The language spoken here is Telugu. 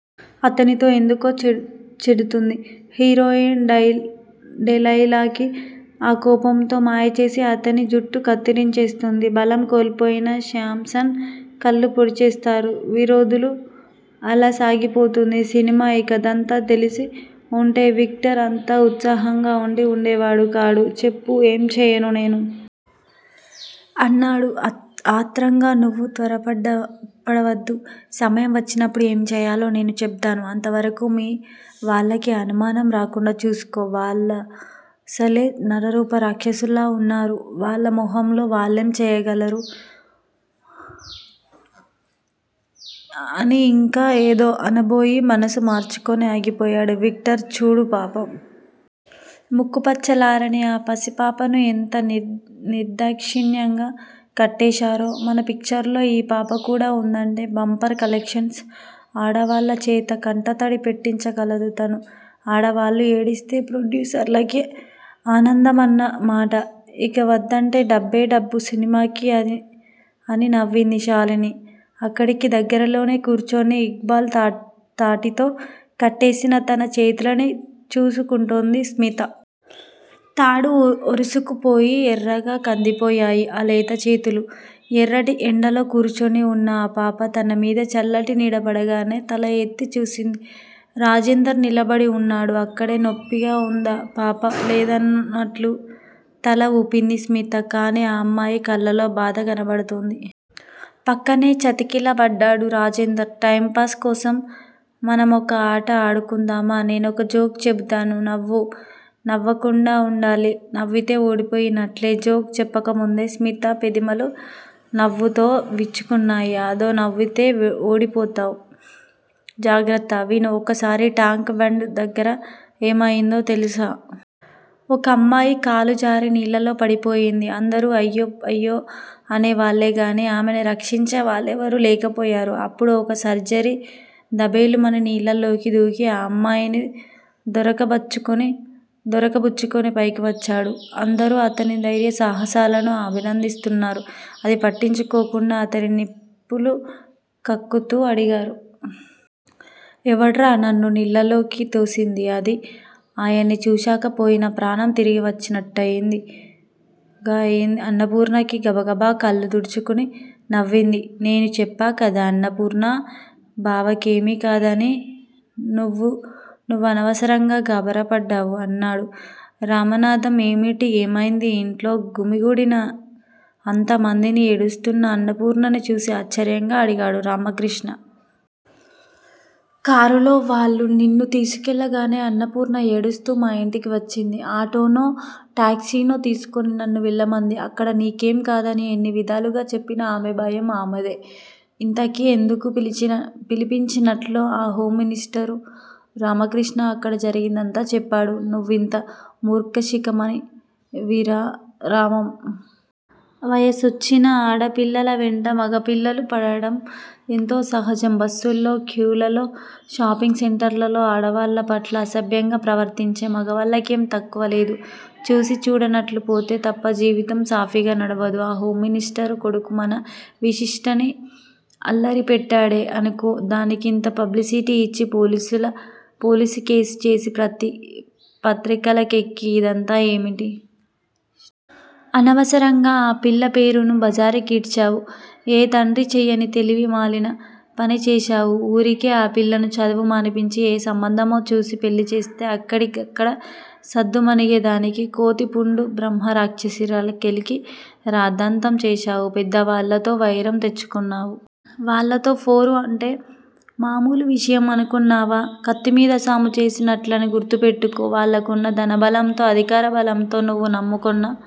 అతనితో ఎందుకో చెడుతుంది. హీరోయిన్ డెలైలాకి. ఆ కోపంతో మాయచేసి, అతని జుట్టు కత్తిరించేస్తుంది. బలం కోల్పోయిన శామ్సన్ కళ్ళు పొడిచేస్తారు విరోధులు. అలా సాగిపోతుంది సినిమా. ఈ కథంతా తెలిసి ఉంటే, విక్టర్ అంత ఉత్సాహంగా ఉండి ఉండేవాడు కాడు. చెప్పు! ఏం చెయ్యను నేను! అన్నాడు ఆత్రంగా. నువ్వు త్వరపడవద్దు, సమయం వచ్చినప్పుడు ఏం చెయ్యాలో నేను చెబుతాను- అంతవరకూ మీ వాళ్ళకి అనుమానం రాకుండా చూసుకో! వాళ్ళసలే నరరూప రాక్షసుల్లా ఉన్నారు వాళ్ళ మొహంలే! వాళ్ళేం చెయ్యగలరు! అని ఇంకా ఏదో అనబోయి, మనసు మార్చుకుని ఆగిపోయాడు విక్టర్. చూడు పాపం! ముక్కు పచ్చలారని ఆ పసిపాపను ఎంత నిర్దాక్షిణ్యంగా కట్టేశారో! మన పిక్చర్లో ఈ పాపకూడా ఉందంటే బంపర్ కలెక్షన్స్! ఆడవాళ్ళ చేత కంటతడి పెట్టించగలదు తను! ఆడవాళ్ళు ఏడిస్తే ప్రొడ్యూసర్లకి ఆనందమన్న మాట! ఇక వద్దంటే డబ్బే డబ్బు సినిమాకి అని నవ్వింది శాలిని. అక్కడికి దగ్గరలోనే కూర్చుని, ఇక్బాల్ తాటితో కట్టేసిన తన చేతులని చూసుకుంటోంది స్మిత. తాడు ఒరుసుకుపోయి ఎర్రగా కందిపోయాయి, ఆ లేత చేతులు. ఎర్రటి ఎండలో కూర్చుని ఉన్న ఆ పాప, తనమీద చల్లటి నీడ పడగానే తల ఎత్తి చూసింది. రాజేందర్ నిలబడి ఉన్నాడు అక్కడే. నొప్పిగా ఉందా పాపా? లేదన్నట్లు తల ఊపింది స్మిత. కానీ ఆ అమ్మాయి కళ్ళలో బాధ కనబడుతోంది. పక్కనే చతికిల బడ్డాడు రాజేందర్. టైంపాస్ కోసం మనమొక ఆట ఆడుకుందామా? నేనొక జోక్ చెబుతాను. నువ్వు నవ్వకుండా ఉండాలి. నవ్వితే ఓడిపోయినట్లే! జోక్ చెప్పకముందే స్మిత పెదిమలు నవ్వుతో విచ్చుకున్నాయి. అదో! నవ్వితే ఓడిపోతావ్! జాగ్రత్త! విను. ఒకసారి టాంక్ బండ్ దగ్గర ఏమయిందో తెలుసా? ఒకమ్మాయి కాలు జారి నీళ్ళలో పడిపోయింది. అందరూ అయ్యో అయ్యో అనేవాళ్ళే గాని ఆమెని రక్షించే వాళ్ళెవరూ లేకపోయారు. అప్పుడు ఒక సర్దార్జీ దభేలుమని నీళ్ళలోకి దూకి, ఆ అమ్మాయిని దొరకబుచ్చుకుని, పైకి వచ్చాడు. అందరూ అతని ధైర్య సాహసాలను అభినందిస్తున్నారు. అది పట్టించుకోకుండా అతను నిప్పులు కక్కుతూ అడిగాడు. 'ఎవడ్రా నన్ను నీళ్ళలోకి తోసిందీ' అని ఆయన్ని చూశాక పోయిన ప్రాణం తిరిగివచ్చినట్టుగా అయింది అన్నపూర్ణకి. గబగబా కళ్ళు తుడుచుకుని నవ్వింది. నేను చెప్పాకదా అన్నపూర్ణా! బావకేమీ కాదని? నువ్వనవసరంగా గాబరా పడ్డావు! అన్నాడు రామనాధం. ఏమిటీ? ఏమైందీ? ఇంట్లో గుమి గూడిన అంత మందినీ, ఏడుస్తూన్న అన్నపూర్ణనీ చూసి ఆశ్చర్యంగా అడిగాడు రామకృష్ణ. కారులో వాళ్ళు నిన్ను తీసుకెళ్ళగానే అన్నపూర్ణ ఏడుస్తూ మా ఇంటికి వచ్చింది. ఆటోనో, టాక్సీనో తీసుకొని నన్ను వెళ్ళమంది. అక్కడ నీకేం కాదని ఎన్నివిధాలుగా చెప్పినా ఆమె భయం ఆమెదే! ఇంతకీ ఎందుకు పిలిపించినట్లు ఆ హోంమినిస్టరు? రామకృష్ణ అక్కడ జరిగిందంతా చెప్పాడు. నువ్వింత మూర్ఖశిఖామణివిరా రామం! వయసొచ్చిన ఆడపిల్లల వెంట మగ పిల్లలు పడడం ఎంతో సహజం. బస్సుల్లో క్యూలలో, షాపింగ్ సెంటర్లలో ఆడవాళ్ళ పట్ల అసభ్యంగా ప్రవర్తించే మగవాళ్ళకేం తక్కువ లేదు. చూసీ చూడనట్లు పోతే తప్ప జీవితం సాఫీగా నడవదు. ఆ హోంమినిస్టరు కొడుకు మన విశిష్టని అల్లరి పెట్టాడే అనుకో దానికింత పబ్లిసిటీ ఇచ్చి పోలీసు కేసు చేసి పత్రికలకెక్కి ఇదంతా ఏమిటి? అనవసరంగా ఆ పిల్ల పేరును బజారుకీడ్చావు! ఏ తండ్రీ చెయ్యని తెలివి మాలిన పని చేశావు. ఊరికే ఆ పిల్లను చదువు మానిపించి, ఏ సంబంధమో చూసి పెళ్ళి చేస్తే ఎక్కడిదక్కడ సద్దుమణిగే దానికి కోతి పుండు బ్రహ్మరాక్షసిలా కెలికి రాద్దాంతం చేశావు. పెద్దవాళ్ళతో వైరం తెచ్చుకున్నావు. వాళ్ళతో పోరు అంటే మామూలు విషయం అనుకొన్నావా? కత్తిమీద సాము చేసినట్లని గుర్తుపెట్టుకో. వాళ్ళకున్న ధనబలంతో, అధికార బలంతో నువ్వు నమ్ముకొన్న